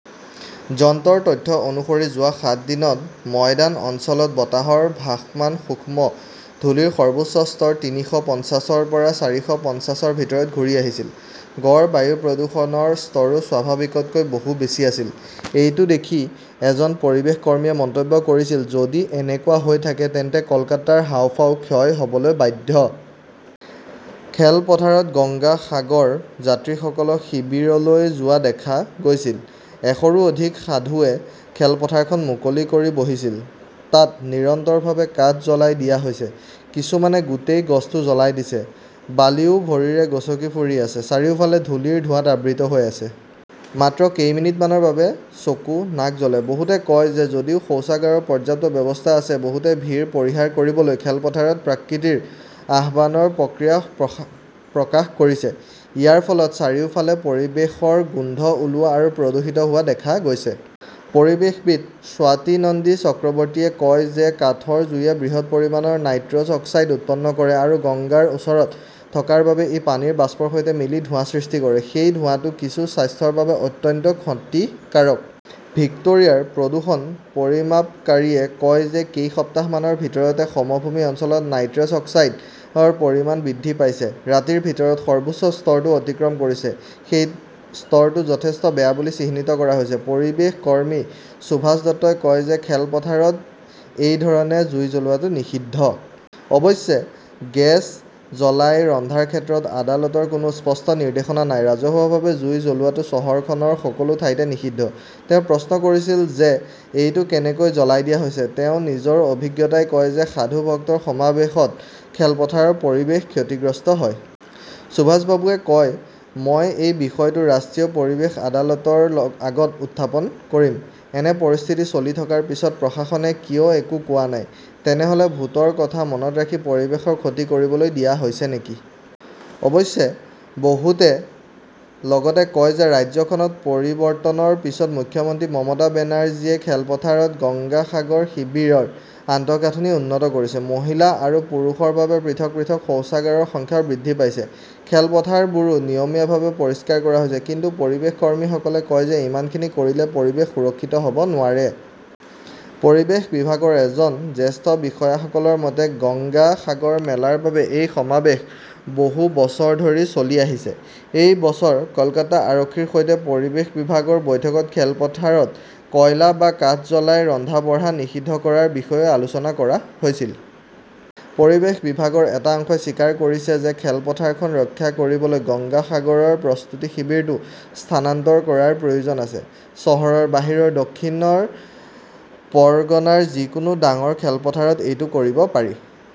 যন্ত্ৰৰ তথ্য অনুসৰি যোৱা সাত দিনত ময়দান অঞ্চলৰ বতাহত ভাসমান সূক্ষ্ম ধূলিৰ সৰ্বোচ্চ স্তৰ তিনিশ পঞ্চাশ ৰ পৰা চাৰিশ পঞ্চাশ ৰ ভিতৰত ঘূৰি আহিছিল। গড় বায়ু প্ৰদূষণৰ স্তৰো স্বাভাৱিকতকৈ বহু বেছি আছিল। এইটো দেখি এজন পৰিৱেশ কৰ্মীয়ে মন্তব্য কৰিছিল, "যদি এনেকুৱা হৈ থাকে তেন্তে কলকাতাৰ হাঁওফাঁও ক্ষয় হ'বলৈ বাধ্য। খেলপথাৰত গংগা সাগৰ যাত্ৰীসকলক শিবিৰলৈ যোৱা দেখা গৈছিল, এশৰো অধিক সাধুয়ে খেলপথাৰখন মুকলি কৰি বহিছিল। তাত নিৰন্তৰভাৱে কাঠ জ্বলাই দিয়া হৈছে, কিছুমানে গোটেই গছটো জ্বলাই দিছে। বালিও ভৰিৰে গচকি ফুৰি আছে। চাৰিওফাল ধূলিৰ ধোঁৱাত আবৃত হৈ আছে। মাত্ৰ কেইমিনিটমানৰ বাবে চকু, নাক জ্বলে। বহুতে কয় যে যদিও শৌচাগাৰৰ পৰ্যাপ্ত ব্যৱস্থা আছে, বহুতে ভিৰ পৰিহাৰ কৰিবলৈ খেলপথাৰত প্ৰকৃতিৰ আহ্বানৰ প্ৰতিক্ৰিয়া প্ৰকাশ কৰিছে। ইয়াৰ ফলত চাৰিওফালৰ পৰিৱেশৰ গোন্ধ ওলোৱা আৰু প্ৰদূষিত হোৱা দেখা গৈছে। পৰিৱেশবিদ স্বাতী নন্দী চক্ৰৱৰ্তীয়ে কয় যে কাঠৰ জুইয়ে বৃহৎ পৰিমাণৰ নাইট্ৰছ অক্সাইড উৎপন্ন কৰে আৰু গংগাৰ ওচৰত থকাৰ বাবে ই পানীৰ বাষ্পৰ সৈতে মিলি ধোঁৱা সৃষ্টি কৰে। সেই ধোঁৱাটো কিন্তু স্বাস্থ্যৰ বাবে অত্যন্ত ক্ষতিকাৰক। ভিক্টোৰিয়াৰ প্ৰদূষণ পৰিমাপকাৰীয়ে কয় যে কেইসপ্তাহমানৰ ভিতৰতে সমভূমি অঞ্চলত নাইট্ৰছ অক্সাইডৰ পৰিমাণ বৃদ্ধি পাইছে। ৰাতিৰ ভিতৰত সৰ্বোচ্চ স্তৰটো অতিক্ৰম কৰিছে। সেই স্তৰটো যথেষ্ট বেয়া বুলি চিহ্নিত কৰা হৈছে। পৰিৱেশ কৰ্মী সুভাষ দত্তই কয় যে খেলপথাৰত এই ধৰণে জুই জ্বলোৱাটো নিষিদ্ধ। অৱশ্যে, গেছ জ্বলাই ৰন্ধাৰ ক্ষেত্ৰত আদালতৰ কোনো স্পষ্ট নিৰ্দেশনা নাই। ৰাজহুৱাভাৱে জুই জ্বলোৱাটো চহৰখনৰ সকলো ঠাইতে নিষিদ্ধ। তেওঁ প্ৰশ্ন কৰিছিল যে, এইটো কেনেকৈ জ্বলাই দিয়া হৈছে। তেওঁৰ নিজৰ অভিজ্ঞতাই কয় যে সাধু-ভক্তৰ সমাৱেশত খেলপথাৰৰ পৰিৱেশ ক্ষতিগ্ৰস্ত হয়। সুভাষ বাবুৱে কয়, মই এই বিষয়টো ৰাষ্ট্ৰীয় পৰিৱেশ আদালতৰ আগত উত্থাপন কৰিম। এনে পৰিস্থিতি চলি থকাৰ পিছতো প্ৰশাসনে কিয় একো কোৱা নাই? তেনেহ 'লে ভোটৰ কথা মনত ৰাখি পৰিৱেশৰ ক্ষতি কৰিবলৈ দিয়া হৈছে নেকি? অৱশ্যে বহুতে লগতে কয় যে ৰাজ্যখনত পৰিৱৰ্তনৰ পিছত মুখ্যমন্ত্ৰী মমতা বেনাৰ্জীয়ে খেলপথাৰত গংগা সাগৰ শিবিৰৰ আন্তঃগাঁথনি উন্নত কৰিছে। মহিলা আৰু পুৰুষৰ বাবে পৃথক শৌচাগাৰৰ সংখ্যাও বৃদ্ধি পাইছে। খেলপথাৰবোৰো নিয়মীয়াভাৱে পৰিষ্কাৰ কৰা হৈছে। কিন্তু পৰিৱেশ কৰ্মীসকলে কয় যে ইমানখিনি কৰিলে পৰিৱেশ সুৰক্ষিত হ'ব নোৱাৰে। পৰিৱেশ বিভাগৰ এজন জ্যেষ্ঠ বিষয়াসকলৰ মতে, গংগা সাগৰ মেলাৰ বাবে এই সমাৱেশ বহু বছৰ ধৰি চলি আহিছে। এই বছৰ কলকাতা আৰক্ষীৰ সৈতে পৰিৱেশ বিভাগৰ বৈঠকত খেলপথাৰত কয়লা বা কাঠ জ্বলাই ৰন্ধা-বঢ়া নিষিদ্ধ কৰাৰ বিষয়েও আলোচনা কৰা হৈছিল। পৰিৱেশ বিভাগৰ এটা অংশই স্বীকাৰ কৰিছে যে খেলপথাৰখন ৰক্ষা কৰিবলৈ গংগা সাগৰৰ প্ৰস্তুতি শিবিৰটো স্থানান্তৰ কৰাৰ প্ৰয়োজন আছে। চহৰৰ বাহিৰৰ দক্ষিণ পৰগনাৰ যিকোনো ডাঙৰ খেলপথাৰত এইটো কৰিব পাৰি।